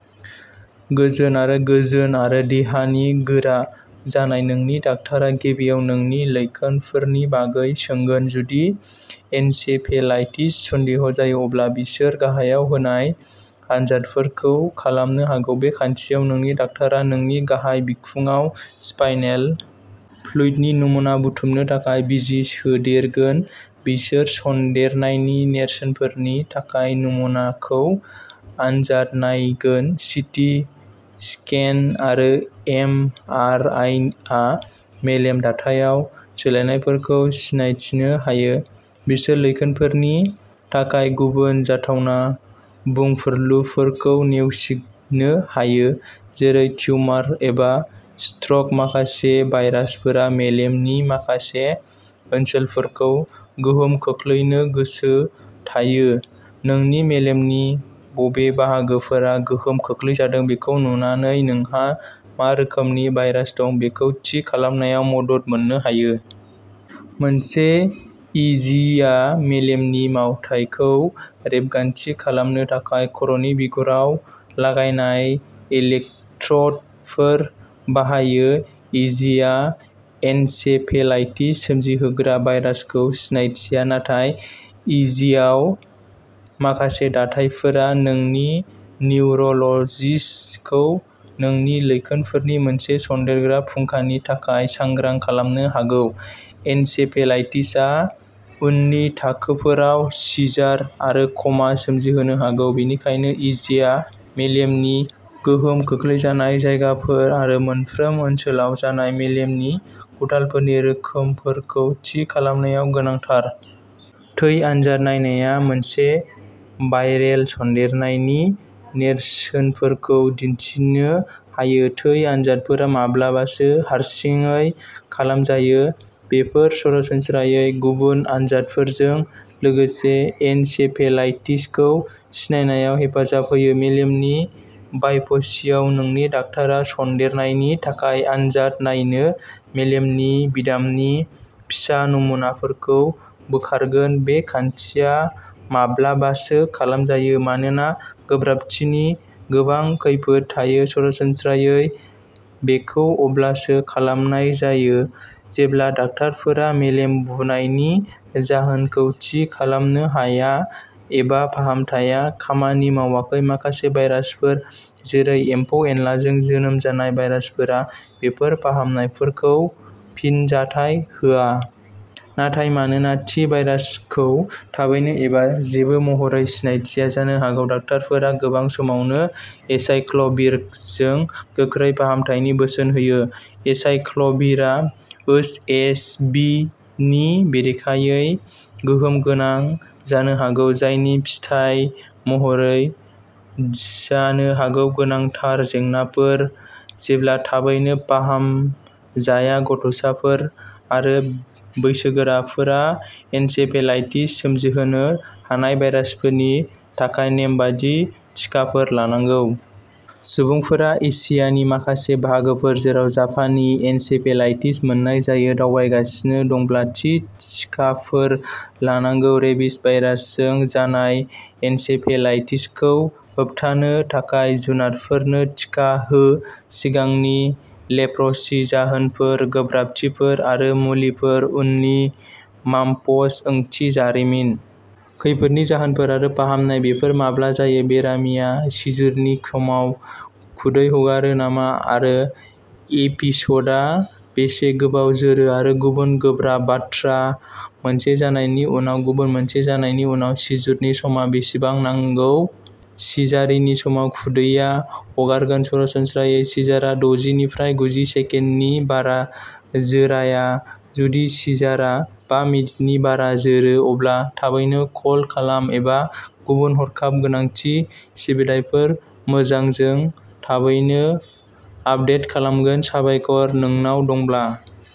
गोजोन आरो गोजोन आरो देहानि गोरा जानाय नोंनि डाक्टारआ गिबियाव नोंनि लैखोनफोरनि बागै सोंगोन जुदि एन्सेफेलाइटिसनि सन्देह जायो अब्ला बिसोर गाहायाव होनाय आनजादफोरखौ खालामनो हागौ बे खान्थियाव नोंनि डाक्टारआ नोंनि गाहाय बिखुंआव स्पाइनेल फ्लुइडनि नमुना बुथुमनो थाखाय बिजि सोदेरगोन बिसोर सन्देरनायनि नेरसोनफोरनि थाखाय नमुनाखौ आनजाद नायगोन सिटि स्केन आरो एमआरआइआ मेलेम दाथायाव सोलायनायफोरखौ सिनायथिनो हायो बिसोर लैखोनफोरनि थाखाय गुबुन जाथावना बुंफुरलुफोरखौ नेवसिनो हायो जेरै टिउमार एबा स्ट्रक माखासे भाइरासफोरा मेलेमनि माखासे ओनसोलफोरखौ गोहोम खोख्लैनो गोसो थायो नोंनि मेलेमनि बबे बाहागोफोरा गोहोम खोख्लैजादों बेखौ नुनानै नोंहा मा रोखोमनि भाइरास दं बेखौ थि खालामनायाव मदद मोननो हायो। मोनसे इजिआ मेलेमनि मावथायखौ रेबगान्थि खालामनो थाखाय खर'नि बिगुराव लागायनाय इलेक्ट्र'डफोर बाहायो इजिआ एन्सेफेलाइटिस सोमजिहोग्रा भाइरासखौ सिनायथिया नाथाय इजिआव माखासे दाथायफोरा नोंनि निउर'ल'जिस्टखौ नोंनि लैखोनफोरनि मोनसे सनदेरग्रा फुंखानि थाखाय सांग्रां खालामनो हागौ एन्सेफेलाइटिसआ उननि थाखोफोराव सिजार आरो क'मा सोमजिहोनो हागौ बेनिखायनो इजिआ मेलेमनि गोहोम खोख्लैजानाय जायगाफोर आरो मोनफ्रोम ओनसोलाव जानाय मेलेमनि गुथालफोरनि रोखोमफोरखौ थि खालामनायाव गोनांथार। थै आनजाद नायनाया मोनसे भाइरेल सन्देरनायनि नेरसोनफोरखौ दिन्थिनो हायो थै आनजादफोरा माब्लाबासो हारसिङै खालामजायो बेफोर सरासनस्रायै गुबुन आनजादफोरजों लोगोसे एन्सेफेलाइटिसखौ सिनायनायाव हेफाजाब होयो मेलेमनि बायपसीयाव नोंनि डाक्टारआ सन्देरनायनि थाखाय आनजाद नायनो मेलेमनि बिदामनि फिसा नमुनाफोरखौ बोखारगोन बे खान्थिया माब्लाबासो खालामजायो मानोना गोब्राबथिनि गोबां खैफोद थायो सरासनस्रायै बेखौ अब्लासो खालामनाय जायो जेब्ला डाक्टारफोरा मेलेम बुनायनि जाहोनखौ थि खालामनो हाया एबा फाहामथाया खामानि मावाखै माखासे भाइरासफोर जेरै एम्फौ-एनलाजों जोनोम जानाय भाइरासफोरा बेफोर फाहामनायफोरखौ फिनजाथाय होआ। नाथाय मानोना थि भाइरासखौ थाबैनो एबा जेबो महरै सिनायथिया जानो हागौ डाक्टारफोरा गोबां समावनो एसाइक्ल'भिरजों गोख्रै फाहामथायनि बोसोन होयो। एसाइक्ल'भिरआ ओस एस भि नि बेरेखायै गोहोमगोनां जानो हागौ जायनि फिथाय महरै जानो हागौ गोनांथार जेंनाफोर जेब्ला थाबैनो फाहामजाया गथ'साफोर आरो बैसोगोराफोरा एन्सेफेलाइटिस सोमजिहोनो हानाय भाइरासफोरनि थाखाय नेमबादि टिकाफोर लानांगौ। सुबुंफोरा एसियानि माखासे बाहागोफोर जेराव जापानी एन्सेफेलाइटिस मोननाय जायो दावबायगासिनो दंब्ला थि टिकाफोर लानांगौ रेबिस भाइरासजों जानाय एन्सेफेलाइटिसखौ होबथानो थाखाय जुनारफोरनो टिका हो सिगांनि लेप्रसि जाहोनफोर गोब्राबथिफोर आरो मुलिफोर उननि माम्प्स ओंथि जारिमिन खैफोदनि जाहोनफोर आरो फाहामनाय बेफोर माब्ला जायो बेरामिया सिजुरनि समाव खुदै हगारो नामा आरो एपिस'डआ बेसे गोबाव जोरो आरो गुबुन गोब्राब बाथ्रा मोनसे जानायनि उनाव गुबुन मोनसे जानायनि उनाव सिजुरनि समा बेसेबां नंगौ सिजारिनि समाव खुदैया हगारगोन सरासनस्रायै सिजारा दजि निफ्राय गुजि सेकेन्डनि बारा जोराया जुदि सिजारा बा मिनिटनि बारा जोरो अब्ला थाबैनो कल खालाम एबा गुबुन हरखाब गोनांथि सिबिथायफोर मोजां जों थाबैनो आपडेट खालामगोन साबायखर नोंनाव दंब्ला।